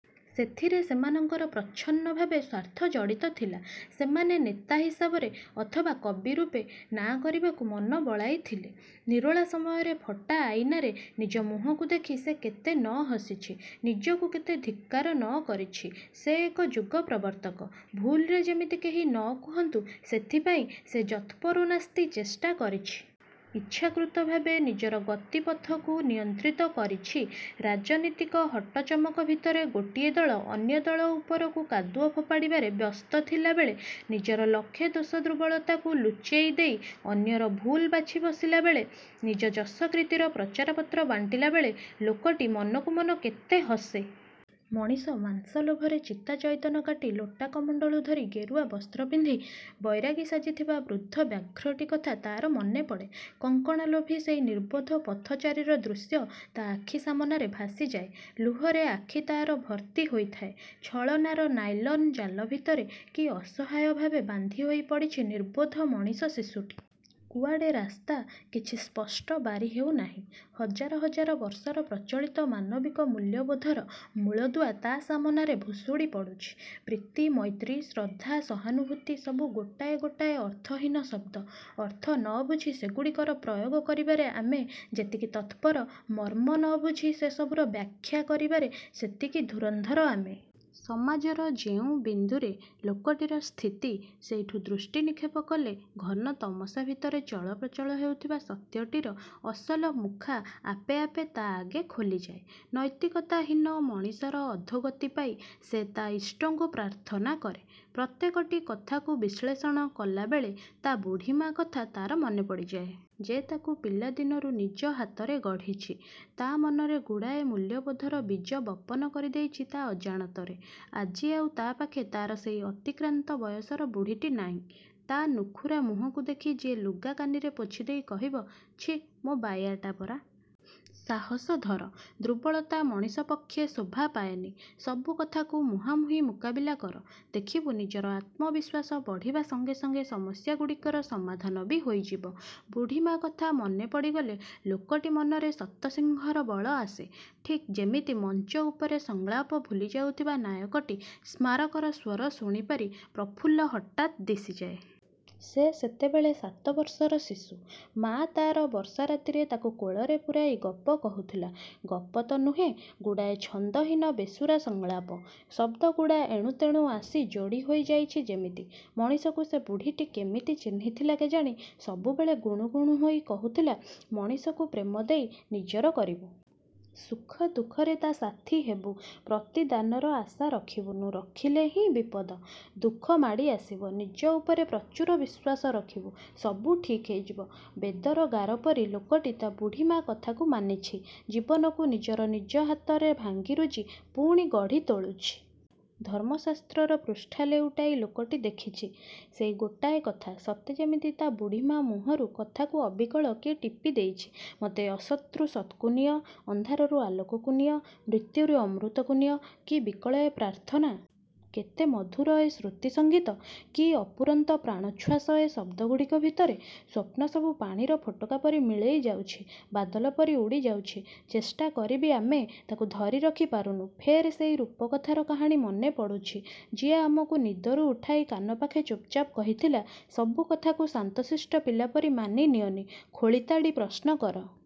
ସେଥିରେ ସେମାନଙ୍କର ପ୍ରଚ୍ଛନ୍ନଭାବେ ସ୍ୱାର୍ଥ ଜଡ଼ିତଥିଲା। ସେମାନେ ନେତା ହିସାବରେ ଅଥବା କବିରୂପେ ନାଁ କରିବାକୁ ମନ ବଳାଇଥିଲେ। ନିରୋଳା ସମୟରେ ଫଟା ଆଇନାରେ ନିଜ ମୁହଁକୁ ଦେଖି ସେ କେତେ ନହସିଛି। ନିଜକୁ କେତେ ଧିକ୍କାର ନକରିଛି। ସେ ଏକ ଯୁଗ-ପ୍ରବର୍ତ୍ତକ! ଭୁଲରେ ଯେମିତି କେହି ନକୁହନ୍ତୁ—ସେଥିପାଇଁ ସେ ଯତ୍ପରୋନାସ୍ତି ଚେଷ୍ଟା କରିଛି। ଇଚ୍ଛାକୃତ ଭାବେ ନିଜର ଗତିପଥକୁ ନିୟନ୍ତ୍ରିତ କରିଛି। ରାଜନୀତିକ ହଟ ଚମକ ଭିତରେ ଗୋଟିଏ ଦଳ ଅନ୍ୟ ଦଳ ଉପରକୁ କାଦୁଅ ଫୋପାଡ଼ିବାରେ ବ୍ୟସ୍ତ ଥିଲାବେଳେ, ନିଜର ଲକ୍ଷେ ଦୋଷ ଦୁର୍ବଳତାକୁ ଲୁଚେଇ ଦେଇ ଅନ୍ୟର ଭୁଲ ବାଛି ବସିଲାବେଳେ, ନିଜ ଯଶକୀର୍ତ୍ତିର ପ୍ରଚାରପତ୍ର ବାଣ୍ଟିଲା ବେଳେ ଲୋକଟି ମନକୁ ମନ କେତେ ହସେ। ମଣିଷ ମାଂସ ଲୋଭରେ ଚିତାଚଇତନ। କାଟି ଲୋଟା କମଣ୍ତଳୁ ଧରି ଗେରୁଆ ବସ୍ତ୍ର ପିନ୍ଧି, ବୈରାଗୀ ସାଜିଥିବା ବୃଦ୍ଧ ବ୍ୟାଘ୍ରଟି କଥା ତା'ର ମନେପଡ଼େ। କଙ୍କଣଲୋଭୀ ସେଇ ନିର୍ବୋଧ ପଥଚାରୀର ଦୃଶ୍ୟ ତା' ଆଖି ସାମନାରେ ଭାସିଯାଏ। ଲୁହରେ ଆଖି ତା'ର ଭର୍ତ୍ତି ହୋଇଥାଏ। ଛଳନାର ନାଇଲନ୍ ଜାଲ ଭିତରେ କି ଅସହାୟ ଭାବେ ବାନ୍ଧି ହୋଇ ପଡ଼ିଛି ନିର୍ବୋଧ ମଣିଷ ଶିଶୁଟି। କୁଆଡ଼େ ରାସ୍ତା କିଛି ସ୍ପଷ୍ଟ ବାରି ହେଉନାହିଁ। ହଜାର ହଜାର ବର୍ଷର ପ୍ରଚଳିତ ମାନବିକ ମୂଲ୍ୟବୋଧର ମୂଳଦୁଆ ତା' ସାମନାରେ ଭୁଷୁଡ଼ି ପଡ଼ୁଛି। ପ୍ରୀତି-ମୈତ୍ରୀ, ଶ୍ରଦ୍ଧା, ସହାନୁଭୂତି–ସବୁ ଗୋଟାଏ ଗୋଟାଏ ଅର୍ଥହୀନ ଶବ୍ଦ। ଅର୍ଥ ନବୁଝି ସେଗୁଡ଼ିକର ପ୍ରୟୋଗ କରିବାରେ ଆମେ ଯେତିକି ତତ୍ପର, ମର୍ମ ନବୁଝି ସେ ସବୁର ବ୍ୟାଖ୍ୟା କରିବାରେ ସେତିକି ଧୁରନ୍ଧର ଆମେ। ସମାଜର ଯେଉଁ ବିନ୍ଦୁରେ ଲୋକଟିର ସ୍ଥିତି, ସେଇଠୁ ଦୃଷ୍ଟି ନିକ୍ଷେପ କଲେ ଘନ-ତମସା ଭିତରେ ଚଳପ୍ରଚଳ ହେଉଥିବା 'ସତ୍ୟ'ଟିର ଅସଲ ମୁଖା ଆପେ ଆପେ ତା' ଆଗେ ଖୋଲିଯାଏ। ନୈତିକତାହୀନ ମଣିଷର ଅଧୋଗତି ପାଇ ସେ ତା' ଇଷ୍ଟଙ୍କୁ ପ୍ରାର୍ଥନା କରେ। ପ୍ରତ୍ୟେକଟି କଥାକୁ ବିଶ୍ଳେଷଣ କଲାବେଳେ ତା' ବୁଢ଼ୀମା କଥା ତା'ର ମନେ ପଡ଼ିଯାଏ। ଯେ ତାକୁ ପିଲା ଦିନରୁ ନିଜ ହାତରେ ଗଢ଼ିଛି। ତା' ମନରେ ଗୁଡ଼ାଏ 'ମୂଲ୍ୟବୋଧ'ର ବୀଜ ବପନ କରି ଦେଇଛି ତା' ଅଜାଣତରେ। ଆଜି ଆଉ ତା' ପାଖେ ତା'ର ସେଇ ଅତିକ୍ରାନ୍ତ ବୟସର ବୁଢ଼ୀଟି ନାଇଁ। ତା' ନୁଖୁରା ମୁହଁକୁ ଦେଖି ଯିଏ ଲୁଗା କାନିରେ ପୋଛିଦେଇ କହିବ, ''ଛି ମୋ ବାୟାଟା ପରା! ସାହସ ଧର। ଦୁର୍ବଳତା ମଣିଷ ପକ୍ଷେ ଶୋଭା ପାଏନି। ସବୁ କଥାକୁ ମୁହାଁମୁହିଁ ମୁକାବିଲା କର ଦେଖିବୁ, ନିଜର ଆତ୍ମବିଶ୍ୱାସ ବଢ଼ିବା ସଙ୍ଗେ ସଙ୍ଗେ ସମସ୍ୟାଗୁଡ଼ିକର ସମାଧାନ ବି ହୋଇଯିବ। '' ବୁଢ଼ୀମା କଥା ମନେ ପଡ଼ିଗଲେ ଲୋକଟି ମନରେ ଶତସିଂହର ବଳ ଆସେ। ଠିକ୍ ଯେମିତି ମଞ୍ଚ ଉପରେ ସଂଳାପ ଭୁଲିଯାଉଥିବା ନାୟକଟି ସ୍ମାରକର ସ୍ୱର ଶୁଣିପାରି ପ୍ରଫୁଲ୍ଲ ହଠାତ୍ ଦିଶିଯାଏ। ସେ ସେତେବେଳେ ସାତ ବର୍ଷର ଶିଶୁ, ମା ତା'ର ବର୍ଷା ରାତିରେ ତାକୁ କୋଳରେ ପୂରାଇ ଗପ କହୁଥିଲା। ଗପତ ନୁହେଁ ଗୁଡ଼ାଏ ଛନ୍ଦହୀନ ବେସୁରା ସଂଳାପ। ଶବ୍ଦଗୁଡ଼ା ଏଣୁତେଣୁ ଆସି ଯୋଡ଼ିହୋଇ ଯାଇଛି ଯେମିତି। ମଣିଷକୁ ସେ ବୁଢ଼ୀଟି କେମିତି ଚିହ୍ନିଥିଲା କେଜାଣି ସବୁବେଳେ ଗୁଣୁଗୁଣୁ ହୋଇ କହୁଥିଲା, ମଣିଷକୁ ପ୍ରେମ ଦେଇ ନିଜର କରିବୁ। ସୁଖ ଦୁଃଖରେ ତା' ସାଥୀ ହେବୁ ପ୍ରତିଦାନର ଆଶା ରଖିବୁନି। ରଖିଲେହିଁ ବିପଦ। ଦୁଃଖ ମାଡ଼ି ଆସିବ। ନିଜ ଉପରେ ପ୍ରଚୁର ବିଶ୍ୱାସ ରଖିବୁ। ସବୁ ଠିକ୍ ହୋଇଯିବ। ବେଦର ଗାରପରି ଲୋକଟି ତା' ବୁଢ଼ୀମା କଥାକୁ ମାନିଛି। ଜୀବନକୁ ନିଜର ନିଜ ହାତରେ ଭାଙ୍ଗିରୁଜି ପୁଣି ଗଢ଼ି ତୋଳୁଛି। ଧର୍ମଶାସ୍ତ୍ରର ପୃଷ୍ଠା ଲେଉଟାଇ ଲୋକଟି ଦେଖିଛି। ସେଇ ଗୋଟାଏ କଥା। ସତେ ଯେମିତି ତା' ବୁଢ଼ୀମା ମୁହଁର କଥାକୁ ଅବିକଳ କିଏ ଟିପି ଦେଇଛି। ''ମତେ ଅସତ୍ରୁ ସତ୍କୁ ନିଅ। ଅନ୍ଧାରରୁ ଆଲୋକକୁ ନିଅ। ମୃତ୍ୟୁରୁ ଅମୃତକୁ ନିଅ। '' କି ବିକଳ ଏ ପ୍ରାର୍ଥନା! କେତେ ମଧୁର ଏ ଶ୍ରୁତିସଙ୍ଗୀତ! କି ଅପୂରନ୍ତ ପ୍ରାଣୋଚ୍ଛ୍ୱାସ ଏ ଶବ୍ଦଗୁଡ଼ିକ ଭିତରେ। ସ୍ୱପ୍ନସବୁ ପାଣିର ଫୋଟକାପରି ମିଳେଇ ଯାଉଛି। ବାଦଲପରି ଉଡ଼ି ଯାଉଛି। ଚେଷ୍ଟା କରିବି ଆମେ ତାକୁ ଧରିରଖି ପାରୁନୁ। ଫେର୍ ସେଇ ରୂପକଥାର କାହାଣୀ ମନେ ପଡ଼ୁଛି। ଯିଏ ଆମକୁ ନିଦରୁ ଉଠାଇ କାନ ପାଖେ ଚୁପ୍ଚାପ୍ କହିଥିଲା, ''ସବୁ କଥାକୁ ଶାନ୍ତଶିଷ୍ଟ ପିଲାପରି ମାନି ନିଅନି। ଖୋଳି ତାଡ଼ି ପ୍ରଶ୍ନକର।